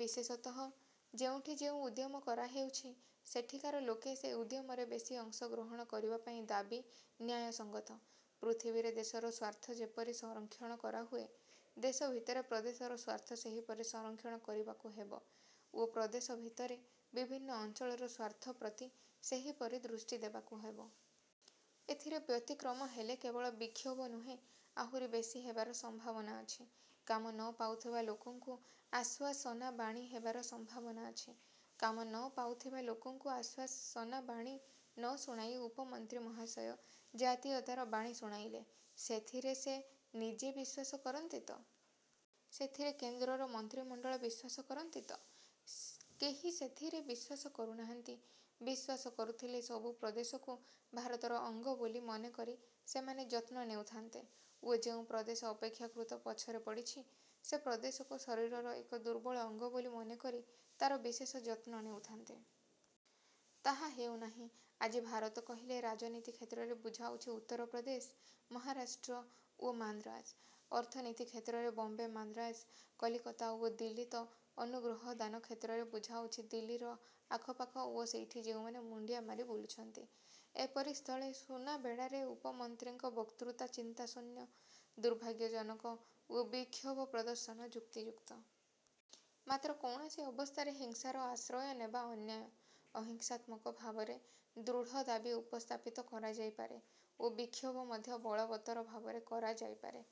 ବିଶେଷତଃ ଯେଉଁଠି ଯେଉଁ ଉଦ୍ୟମ କରା ହେଉଛି ସେଠିକାର ଲୋକେ ସେ ଉଦ୍ୟମରେ ବେଶି ଅଂଶ ଗ୍ରହଣ କରିବାପାଇଁ ଦାବି ନ୍ୟାୟସଙ୍ଗତ। ପୃଥିବୀରେ ଦେଶର ସ୍ୱାର୍ଥ ଯେପରି ସଂରକ୍ଷଣ କରାହୁଏ, ଦେଶ ଭିତରେ ପ୍ରଦେଶର ସ୍ୱାର୍ଥ ସେହିପରି ସଂରକ୍ଷଣ କରିବାକୁ ହେବ ଓ ପ୍ରଦେଶ ଭିତରେ ବିଭିନ୍ନ ଅଞ୍ଚଳର ସ୍ୱାର୍ଥ ପ୍ରତି ସେହିପରି ଦୃଷ୍ଟି ଦେବାକୁ ହେବ। ଏଥିରେ ବ୍ୟତିକ୍ରମ ହେଲେ କେବଳ ବିକ୍ଷୋଭ ନୁହେଁ, ଆହୁରି ବେଶି ହେବାର ସମ୍ଭାବନା ଅଛି। କାମ ନ ପାଉଥିବା ଲୋକଙ୍କୁ ଆଶ୍ୱାସନା ବାଣୀ ହେବାର ସମ୍ଭାବନା ଅଛି। କାମ ନ ପାଉଥିବା ଲୋକଙ୍କୁ ଆଶ୍ୱାସନା ବାଣୀ ନ ଶୁଣାଇ ଉପମନ୍ତ୍ରୀ ମହାଶୟ ଜାତୀୟତାର ବାଣୀ ଶୁଣାଇଲେ, ସେଥିରେ ସେ ନିଜେ ବିଶ୍ୱାସ କରନ୍ତି ତ? ସେଥିରେ କେନ୍ଦ୍ରର ମନ୍ତ୍ରୀମଣ୍ଡଳ ବିଶ୍ୱାସ କରନ୍ତି ତ? କେହି ସେଥିରେ ବିଶ୍ୱାସ କରୁନାହାନ୍ତି। ବିଶ୍ୱାସ କରୁଥିଲେ ସବୁ ପ୍ରଦେଶକୁ ଭାରତର ଅଙ୍ଗ ବୋଲି ମନେ କରି ସେମାନେ ଯତ୍ନ ନେଉଥାନ୍ତେ ଓ ଯେଉଁ ପ୍ରଦେଶ ଅପେକ୍ଷାକୃତ ପଛରେ ପଡ଼ିଛି, ସେ ପ୍ରଦେଶକୁ ଶରୀରର ଏକ ଦୁର୍ବଳ ଅଙ୍ଗ ବୋଲି ମନେକରି ତା'ର ବିଶେଷ ଯତ୍ନ ନେଉଥାନ୍ତେ। ତାହା ହେଉନାହିଁ। ଆଜି ଭାରତ କହିଲେ ରାଜନୀତି କ୍ଷେତ୍ରରେ ବୁଝାଉଛି ଉତ୍ତର ପ୍ରଦେଶ, ମହାରାଷ୍ଟ୍ର ଓ ମାନ୍ଦ୍ରାଜ; ଅର୍ଥନୀତି କ୍ଷେତ୍ରରେ ବମ୍ବେ, ମାନ୍ଦ୍ରାଜ, କଲିକତା ଓ ଦିଲ୍ଲୀ ତ ଅନୁଗ୍ରହଦାନ କ୍ଷେତ୍ରରେ ବୁଝାଉଛି ଦିଲ୍ଲୀର ଆଖପାଖ ଓ ସେଇଠି ଯେଉଁମାନେ ମୁଣ୍ଡିଆ ମାରି ବୁଲୁଛନ୍ତି। ଏପରି ସ୍ଥଳେ ସୁନାବେଡ଼ାରେ ଉପମନ୍ତ୍ରୀଙ୍କ ବକ୍ତୃତା ଚିନ୍ତାଶୂନ୍ୟ, ଦୁର୍ଭାଗ୍ୟଜନକ ଓ ବିକ୍ଷୋଭ ପ୍ରଦର୍ଶନ ଯୁକ୍ତିଯୁକ୍ତ। ମାତ୍ର କୌଣସି ଅବସ୍ଥାରେ ହିଂସାର ଆଶ୍ରୟନେବା ଅନ୍ୟାୟ। ଅହିଂସାତ୍ମକ ଭାବରେ ଦୃଢ଼ ଦାବି ଉପସ୍ଥାପିତ କରାଯାଇପାରେ ଓ ବିକ୍ଷୋଭ ମଧ୍ୟ ବଳବତ୍ତର ଭାବରେ କରା ଯାଇପାରେ-।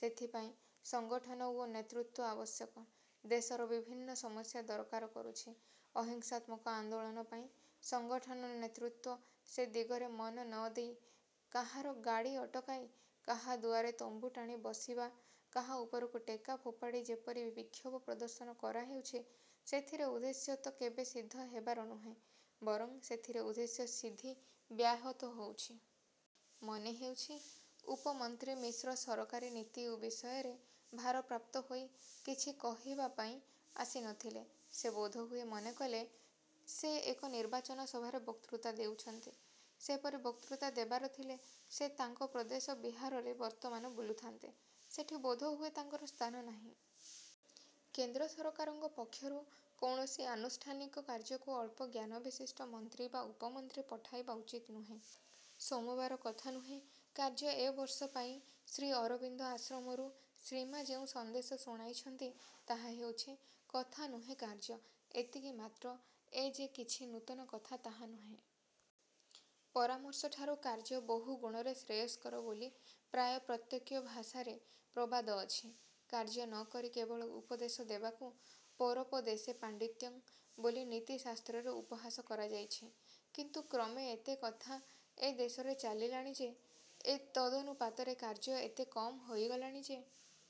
ସେଥିପାଇଁ ସଙ୍ଗଠନ ଓ ନେତୃତ୍ୱ ଆବଶ୍ୟକ। ଦେଶର ବିଭିନ୍ନ ସମସ୍ୟା ଦରକାର କରୁଛି-। ଅହିଂସାତ୍ମକ ଆନ୍ଦୋଳନ ପାଇଁ ସଙ୍ଗଠନ ନେତୃତ୍ୱ ସେ ଦିଗରେ ମନ ନ ଦେଇ କାହାର ଗାଡ଼ି ଅଟକାଇ, କାହା ଦୁଆରେ ତମ୍ବୁ ଟାଣି ବସି ବା କାହା ଉପରକୁ ଟେକା ଫୋପାଡ଼ି ଯେପରି ବିକ୍ଷୋଭ ପ୍ରଦର୍ଶନ କରାହେଉଛି, ସେଥିରେ ଉଦ୍ଦେଶ୍ୟ ତ କେବେ ସିଦ୍ଧ ହେବାର ନୁହେଁ, ବରଂ ସେଥିରେ ଉଦ୍ଦେଶ୍ୟ ସିଦ୍ଧି ବ୍ୟାହତ ହେଉଛି। ମନେ ହେଉଛି ଉପମନ୍ତ୍ରୀ ମିଶ୍ର ସରକାରୀ ନୀତି ବିଷୟରେ ଭାରପ୍ରାପ୍ତ ହୋଇ କିଛି କହିବାପାଇଁ ଆସି ନଥିଲେ। ସେ ବୋଧହୁଏ ମନେକଲେ, ସେ ଏକ ନିର୍ବାଚନ ସଭାରେ ବକ୍ତୃତା ଦେଉଛନ୍ତି। ସେପରି ବକ୍ତୃତା ଦେବାର ଥିଲେ ସେ ତାଙ୍କ ପ୍ରଦେଶ ବିହାରରେ ବର୍ତ୍ତମାନ ବୁଲୁଥାନ୍ତେ-। ସେଠି ବୋଧହୁଏ ତାଙ୍କର ସ୍ଥାନ ନାହିଁ। କେନ୍ଦ୍ର ସରକାରଙ୍କ ପକ୍ଷରୁ କୌଣସି ଆନୁଷ୍ଠାନିକ କାର୍ଯ୍ୟକୁ ଅଳ୍ପ ଜ୍ଞାନବିଶିଷ୍ଟ ମନ୍ତ୍ରୀ ବା ଉପମନ୍ତ୍ରୀ ପଠାଇବା ଉଚିତ ନୁହେଁ। ସୋମବାର କଥା ନୁହେଁ କାର୍ଯ୍ୟ ଏବର୍ଷ ପାଇଁ ଶ୍ରୀ ଅରବିନ୍ଦ ଆଶ୍ରମରୁ ଶ୍ରୀମା ଯେଉଁ ସନ୍ଦେଶ ଶୁଣାଇଛନ୍ତି ତାହା ହେଉଛି ''କଥା ନୁହେଁ, କାର୍ଯ୍ୟ। '' ଏତିକି ମାତ୍ର, ଏ ଯେ କିଛି ନୂତନ କଥା ତାହା ନୁହେଁ। ପରାମର୍ଶଠାରୁ କାର୍ଯ୍ୟ ବହୁ ଗୁଣରେ ଶ୍ରେୟସ୍କର ବୋଲି ପ୍ରାୟ ପ୍ରତ୍ୟେକ ଭାଷାରେ ପ୍ରବାଦ ଅଛି। କାର୍ଯ୍ୟ ନ କରି କେବଳ ଉପଦେଶ ଦେବାକୁ 'ପରୋପଦେଶେ ପାଣ୍ଡିତ୍ୟଂ' ବୋଲି ନୀତି ଶାସ୍ତ୍ରରେ ଉପହାସ କରାଯାଇଛି; କିନ୍ତୁ କ୍ରମେ ଏତେ କଥା ଏ ଦେଶରେ ଚାଲିଲାଣି ଯେ ଓ ତଦନୁପାତରେ କାର୍ଯ୍ୟ ଏତେ କମ ହୋଇଗଲାଣି ଯେ